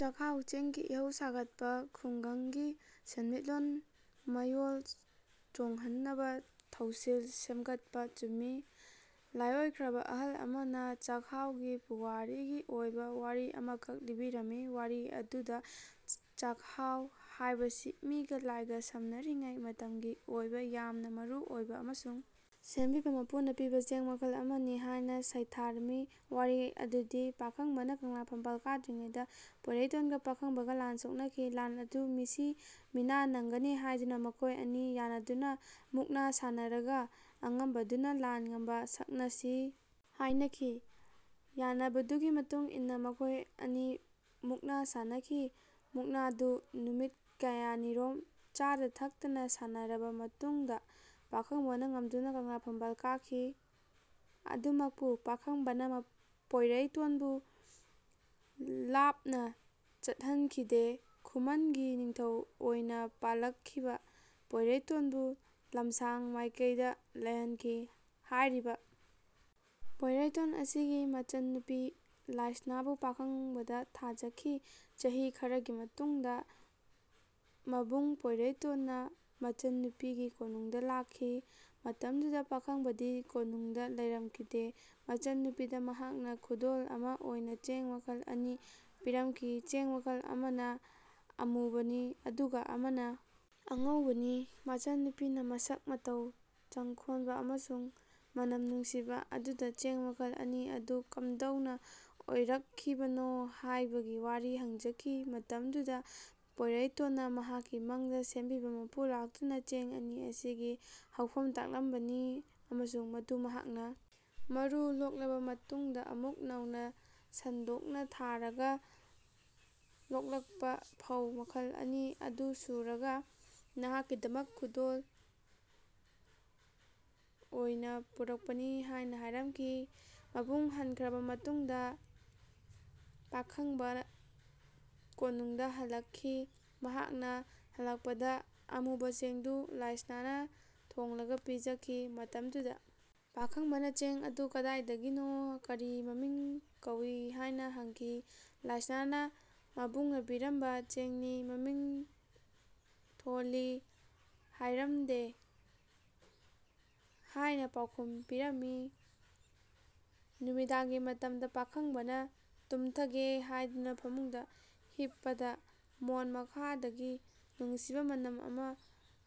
ꯆꯥꯛꯍꯥꯎ ꯆꯦꯡꯒꯤ ꯏꯍꯧ ꯁꯥꯒꯠꯄ ꯈꯨꯡꯒꯪꯒꯤ ꯁꯦꯟꯃꯤꯠꯂꯣꯟ ꯃꯌꯣꯜ ꯆꯣꯡꯍꯟꯅꯕ ꯊꯧꯁꯤꯜ ꯁꯦꯝꯒꯠꯄ ꯆꯨꯝꯃꯤ ꯂꯥꯏꯑꯣꯏꯈ꯭ꯔꯕ ꯑꯍꯜ ꯑꯃꯅ ꯆꯥꯛꯍꯥꯎꯒꯤ ꯄꯨꯋꯥꯔꯤꯒꯤ ꯑꯣꯏꯕ ꯋꯥꯔꯤ ꯑꯃꯈꯛ ꯂꯤꯕꯤꯔꯝꯃꯤ꯫ ꯋꯥꯔꯤ ꯑꯗꯨꯗ ꯆꯥꯛꯍꯥꯎ ꯍꯥꯏꯕꯁꯤ ꯃꯤꯒ ꯂꯥꯏꯒ ꯁꯝꯅꯔꯤꯉꯩ ꯃꯇꯝꯒꯤ ꯑꯣꯏꯕ ꯌꯥꯝꯅ ꯃꯔꯨ ꯑꯣꯏꯕ ꯑꯃꯁꯨꯡ ꯁꯦꯝꯕꯤꯕ ꯃꯄꯨꯅ ꯄꯤꯕ ꯆꯦꯡ ꯃꯈꯜ ꯑꯃꯅꯤ ꯍꯥꯏꯅ ꯁꯩꯊꯥꯔꯝꯃꯤ꯫ ꯋꯥꯔꯤ ꯑꯗꯨꯗꯤ ꯄꯥꯈꯪꯕꯅ ꯀꯪꯂꯥ ꯐꯝꯕꯥꯜ ꯀꯥꯗ꯭ꯔꯤꯉꯩꯗ ꯄꯣꯏꯔꯩꯇꯣꯟꯒ ꯄꯥꯈꯪꯕꯒ ꯂꯥꯟ ꯁꯣꯛꯅꯈꯤ꯫ ꯂꯥꯟ ꯑꯗꯨ ꯃꯤꯁꯤ ꯃꯤꯅꯥ ꯅꯪꯒꯅꯤ ꯍꯥꯏꯗꯨꯅ ꯃꯈꯣꯏ ꯑꯅꯤ ꯌꯥꯟꯅꯗꯨꯅ ꯃꯨꯛꯅ ꯁꯥꯟꯅꯔꯒ ꯑꯉꯝꯕꯗꯨꯅ ꯂꯥꯟ ꯉꯝꯕ ꯁꯛꯅꯁꯤ ꯍꯥꯏꯅꯈꯤ꯫ ꯌꯥꯅꯕꯗꯨꯒꯤ ꯃꯇꯨꯡ ꯏꯟꯅ ꯃꯈꯣꯏ ꯑꯅꯤ ꯃꯨꯛꯅ ꯁꯥꯟꯅꯈꯤ꯫ ꯃꯨꯛꯅꯥꯗꯨ ꯅꯨꯃꯤꯠ ꯀꯌꯥꯅꯤꯔꯣꯝ ꯆꯥꯗ-ꯊꯛꯇꯅ ꯁꯥꯟꯅꯔꯕ ꯃꯇꯨꯡꯗ ꯄꯥꯈꯪꯕꯅ ꯉꯝꯗꯨꯅ ꯀꯪꯂꯥ ꯐꯝꯕꯥꯜ ꯀꯥꯈꯤ꯫ ꯑꯗꯨꯃꯛꯄꯨ ꯄꯥꯈꯪꯕꯅ ꯄꯣꯏꯔꯩꯇꯣꯟꯕꯨ ꯂꯥꯞꯅ ꯆꯠꯍꯟꯈꯤꯗꯦ꯫ ꯈꯨꯃꯟꯒꯤ ꯅꯤꯡꯊꯧ ꯑꯣꯏꯅ ꯄꯥꯜꯂꯛꯈꯤꯕ ꯄꯣꯏꯔꯩꯇꯣꯟꯕꯨ ꯂꯝꯁꯥꯡ ꯃꯥꯏꯀꯩꯗ ꯂꯩꯍꯟꯈꯤ꯫ ꯍꯥꯏꯔꯤꯕ ꯄꯣꯏꯔꯩꯇꯣꯟ ꯑꯁꯤꯒꯤ ꯃꯆꯟꯅꯨꯄꯤ ꯂꯥꯏꯁꯅꯥꯕꯨ ꯄꯥꯈꯪꯕꯗ ꯊꯥꯖꯈꯤ꯫ ꯆꯍꯤ ꯈꯔꯒꯤ ꯇꯨꯡꯗ ꯃꯕꯨꯡ ꯄꯣꯏꯔꯩꯇꯣꯟꯅ ꯃꯆꯟꯅꯨꯄꯤꯒꯤ ꯀꯣꯅꯨꯡꯗ ꯂꯥꯛꯈꯤ꯫ ꯃꯇꯝꯗꯨꯗ ꯄꯥꯈꯪꯕꯗꯤ ꯀꯣꯅꯨꯡꯗ ꯂꯩꯔꯝꯈꯤꯗꯦ꯫ ꯃꯆꯟꯅꯨꯄꯤꯗ ꯃꯍꯥꯛꯅ ꯈꯨꯗꯣꯜ ꯑꯃ ꯑꯣꯏꯅ ꯆꯦꯡ ꯃꯈꯜ ꯑꯅꯤ ꯄꯤꯔꯝꯈꯤ꯫ ꯆꯦꯡ ꯃꯈꯜ ꯑꯃꯅ ꯑꯃꯨꯕꯅꯤ ꯑꯗꯨꯒ ꯑꯃꯅ ꯑꯉꯧꯕꯅꯤ꯫ ꯃꯆꯟꯅꯨꯄꯤꯅ ꯃꯁꯛ ꯃꯇꯧ ꯆꯪꯈꯣꯟꯕ ꯑꯃꯁꯨꯡ ꯃꯅꯝ ꯅꯨꯡꯁꯤꯕ ꯑꯗꯨꯗ ꯆꯦꯡ ꯃꯈꯜ ꯑꯅꯤ ꯑꯗꯨ ꯀꯝꯗꯧꯅ ꯑꯣꯏꯔꯛꯈꯤꯕꯅꯣ ꯍꯥꯏꯕꯒꯤ ꯋꯥꯔꯤ ꯍꯪꯖꯈꯤ꯫ ꯃꯇꯝꯗꯨꯗ ꯄꯣꯏꯔꯩꯇꯣꯟꯅ ꯃꯍꯥꯛꯀꯤ ꯃꯪꯗ ꯁꯦꯝꯕꯤꯕ ꯃꯄꯨ ꯂꯥꯛꯇꯨꯅ ꯆꯦꯡ ꯑꯅꯤ ꯑꯁꯤꯒꯤ ꯍꯧꯐꯝ ꯇꯥꯛꯂꯝꯕꯅꯤ ꯑꯃꯁꯨꯡ ꯃꯗꯨ ꯃꯍꯥꯛꯅ ꯃꯔꯨ ꯂꯣꯛꯂꯕ ꯇꯨꯡꯗ ꯑꯃꯨꯛ ꯅꯧꯅ ꯁꯟꯗꯣꯛꯅ ꯊꯥꯔꯒ ꯂꯣꯛꯂꯛꯄ ꯐꯧ ꯃꯈꯜ ꯑꯅꯤ ꯑꯗꯨ ꯁꯨꯔꯒ ꯅꯍꯥꯛꯀꯤꯗꯃꯛ ꯈꯨꯗꯣꯜ ꯑꯣꯏꯅ ꯄꯨꯔꯛꯄꯅꯤ ꯍꯥꯏꯅ ꯍꯥꯏꯔꯝꯈꯤ꯫ ꯃꯕꯨꯡ ꯍꯟꯈ꯭ꯔꯕ ꯇꯨꯡꯗ ꯄꯥꯈꯪꯕ ꯀꯣꯅꯨꯡꯗ ꯍꯜꯂꯛꯈꯤ꯫ ꯃꯍꯥꯛꯅ ꯍꯜꯂꯛꯄꯗ ꯑꯃꯨꯕ ꯆꯦꯡꯗꯨ ꯂꯥꯏꯁꯅꯥꯅ ꯊꯣꯡꯂꯒ ꯄꯤꯖꯈꯤ꯫ ꯃꯇꯝꯗꯨꯗ ꯄꯥꯈꯪꯕꯅ ꯆꯦꯡ ꯑꯗꯨ ꯀꯗꯥꯏꯗꯒꯤꯅꯣ ꯀꯔꯤ ꯃꯃꯤꯡ ꯀꯧꯏ ꯍꯥꯏꯅ ꯍꯪꯈꯤ꯫ ꯂꯥꯏꯁꯅꯥꯅ ꯃꯕꯨꯡꯅ ꯄꯤꯔꯝꯕ ꯆꯦꯡꯅꯤ, ꯃꯃꯤꯡ ꯊꯣꯜꯂꯤ ꯍꯥꯏꯔꯝꯗꯦ ꯍꯥꯏꯅ ꯄꯥꯎꯈꯨꯝ ꯄꯤꯔꯝꯃꯤ꯫ ꯅꯨꯃꯤꯗꯥꯡꯒꯤ ꯃꯇꯝꯗ ꯄꯥꯈꯪꯕꯅ ꯇꯨꯝꯊꯒꯦ ꯍꯥꯏꯗꯨꯅ ꯐꯃꯨꯡꯗ ꯍꯤꯞꯄꯗ ꯃꯣꯟ ꯃꯈꯥꯗꯒꯤ ꯅꯨꯡꯁꯤꯕ ꯃꯅꯝ ꯑꯃ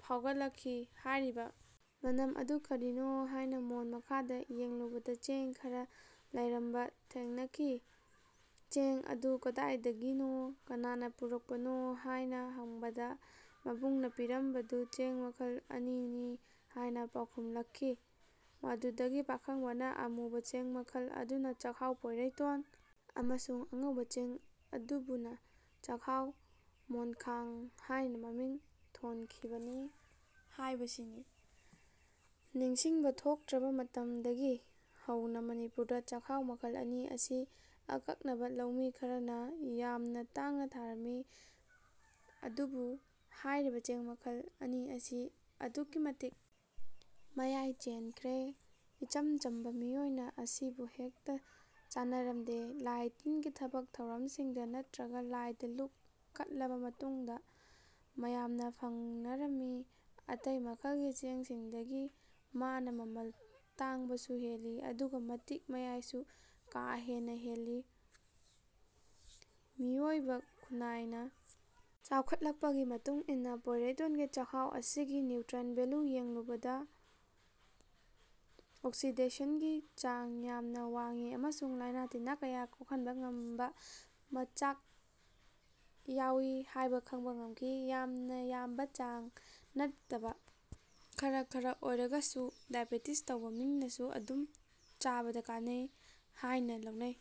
ꯐꯥꯎꯒꯠꯂꯛꯈꯤ꯫ ꯍꯥꯏꯔꯤꯕ ꯃꯅꯝ ꯑꯗꯨ ꯀꯔꯤꯅꯣ ꯍꯥꯏꯅ ꯃꯣꯟ ꯃꯈꯥꯗ ꯌꯦꯡꯂꯨꯕꯗ ꯆꯦꯡ ꯈꯔ ꯂꯩꯔꯝꯕ ꯊꯦꯡꯅꯈꯤ꯫ ꯆꯦꯡ ꯑꯗꯨ ꯀꯗꯥꯏꯗꯒꯤꯅꯣ ꯀꯅꯥꯅꯥ ꯄꯨꯔꯛꯄꯅꯣ ꯍꯥꯏꯅ ꯍꯪꯕꯗ ꯃꯕꯨꯡꯅ ꯄꯤꯔꯝꯕꯗꯨ ꯆꯦꯡ ꯃꯈꯜ ꯑꯅꯤꯅꯤ ꯍꯥꯏꯅ ꯄꯥꯎꯈꯨꯝꯂꯛꯈꯤ꯫ ꯃꯗꯨꯗꯒꯤ ꯄꯥꯈꯪꯕꯅ ꯑꯃꯨꯕ ꯆꯦꯡ ꯃꯈꯜ ꯑꯗꯨꯅ ꯆꯥꯛꯍꯥꯎ ꯄꯣꯏꯔꯩꯇꯣꯟ ꯑꯃꯁꯨꯡ ꯑꯉꯧꯕ ꯆꯦꯡ ꯑꯗꯨꯕꯨꯅ ꯆꯥꯛꯍꯥꯎ ꯃꯣꯟꯈꯥꯡ ꯍꯥꯏꯅ ꯃꯃꯤꯡ ꯊꯣꯟꯈꯤꯕꯅꯤ ꯍꯥꯏꯕꯁꯤꯅꯤ꯫ ꯅꯤꯡꯁꯤꯡꯕ ꯊꯣꯛꯇ꯭ꯔꯕ ꯃꯇꯝꯗꯒꯤ ꯍꯧꯅ ꯃꯅꯤꯄꯨꯔꯗ ꯆꯥꯛꯍꯥꯎ ꯃꯈꯜ ꯑꯅꯤ ꯑꯁꯤ ꯑꯀꯛꯅꯕ ꯂꯧꯃꯤ ꯈꯔꯅ ꯌꯥꯝꯅ ꯇꯥꯡꯅ ꯊꯥꯔꯝꯃꯤ꯫ ꯑꯗꯨꯕꯨ ꯍꯥꯏꯔꯤꯕ ꯆꯦꯡ ꯃꯈꯜ ꯑꯅꯤ ꯑꯁꯤ ꯑꯗꯨꯛꯀꯤ ꯃꯇꯤꯛ ꯃꯌꯥꯏ ꯆꯦꯟꯈ꯭ꯔꯦ꯫ ꯏꯆꯝ ꯆꯝꯕ ꯃꯤꯑꯣꯏꯅ ꯃꯁꯤꯕꯨ ꯍꯦꯛꯇ ꯆꯥꯅꯔꯝꯗꯦ꯫ ꯂꯥꯏ-ꯇꯤꯟꯒꯤ ꯊꯕꯛ ꯊꯧꯔꯝꯁꯤꯡꯗ ꯅꯠꯇ꯭ꯔꯒ ꯂꯥꯏꯗ ꯂꯨꯛ ꯀꯠꯂꯕ ꯇꯨꯡꯗ ꯃꯌꯥꯝꯅ ꯐꯪꯅꯔꯝꯃꯤ꯫ ꯑꯇꯩ ꯃꯈꯜꯒꯤ ꯆꯦꯡꯁꯤꯡꯗꯒꯤ ꯃꯥꯅꯥ ꯃꯃꯜ ꯇꯥꯡꯕꯁꯨ ꯍꯦꯜꯂꯤ ꯑꯗꯨꯒ ꯃꯇꯤꯛ ꯃꯌꯥꯏꯁꯨ ꯀꯥ ꯍꯦꯟꯅ ꯍꯦꯜꯂꯤ꯫ ꯃꯤꯑꯣꯏꯕ ꯈꯨꯟꯅꯥꯏꯅ ꯆꯥꯎꯈꯠꯂꯛꯄꯒꯤ ꯃꯇꯨꯡ ꯏꯟꯅ ꯄꯣꯏꯔꯩꯇꯣꯟꯒꯤ ꯆꯥꯛꯍꯥꯎ ꯑꯁꯤꯒꯤ ꯅ꯭ꯌꯨꯇ꯭ꯔꯦꯟꯠ ꯚꯦꯂꯨ ꯌꯦꯡꯂꯨꯕꯗ ꯑꯣꯛꯁꯤꯗꯦꯁꯟꯒꯤ ꯆꯥꯡ ꯌꯥꯝꯅ ꯋꯥꯡꯏ ꯑꯃꯁꯨꯡ ꯂꯥꯏꯅ ꯇꯤꯟꯅ ꯀꯌꯥ ꯀꯣꯛꯍꯟꯕ ꯉꯝꯕ ꯃꯆꯥꯛ ꯌꯥꯎꯏ ꯍꯥꯏꯕ ꯈꯪꯕ ꯉꯝꯈꯤ꯫ ꯌꯥꯝꯅ ꯌꯥꯝꯕ ꯆꯥꯡ ꯅꯠꯇꯕ ꯈꯔ ꯈꯔ ꯑꯣꯏꯔꯒꯁꯨ ꯗꯥꯏꯕꯦꯇꯤꯁ ꯇꯧꯕ ꯃꯤꯅꯁꯨ ꯑꯗꯨꯝ ꯆꯥꯕꯗ ꯀꯥꯟꯅꯩ ꯍꯥꯏꯅ ꯂꯧꯅꯩ꯫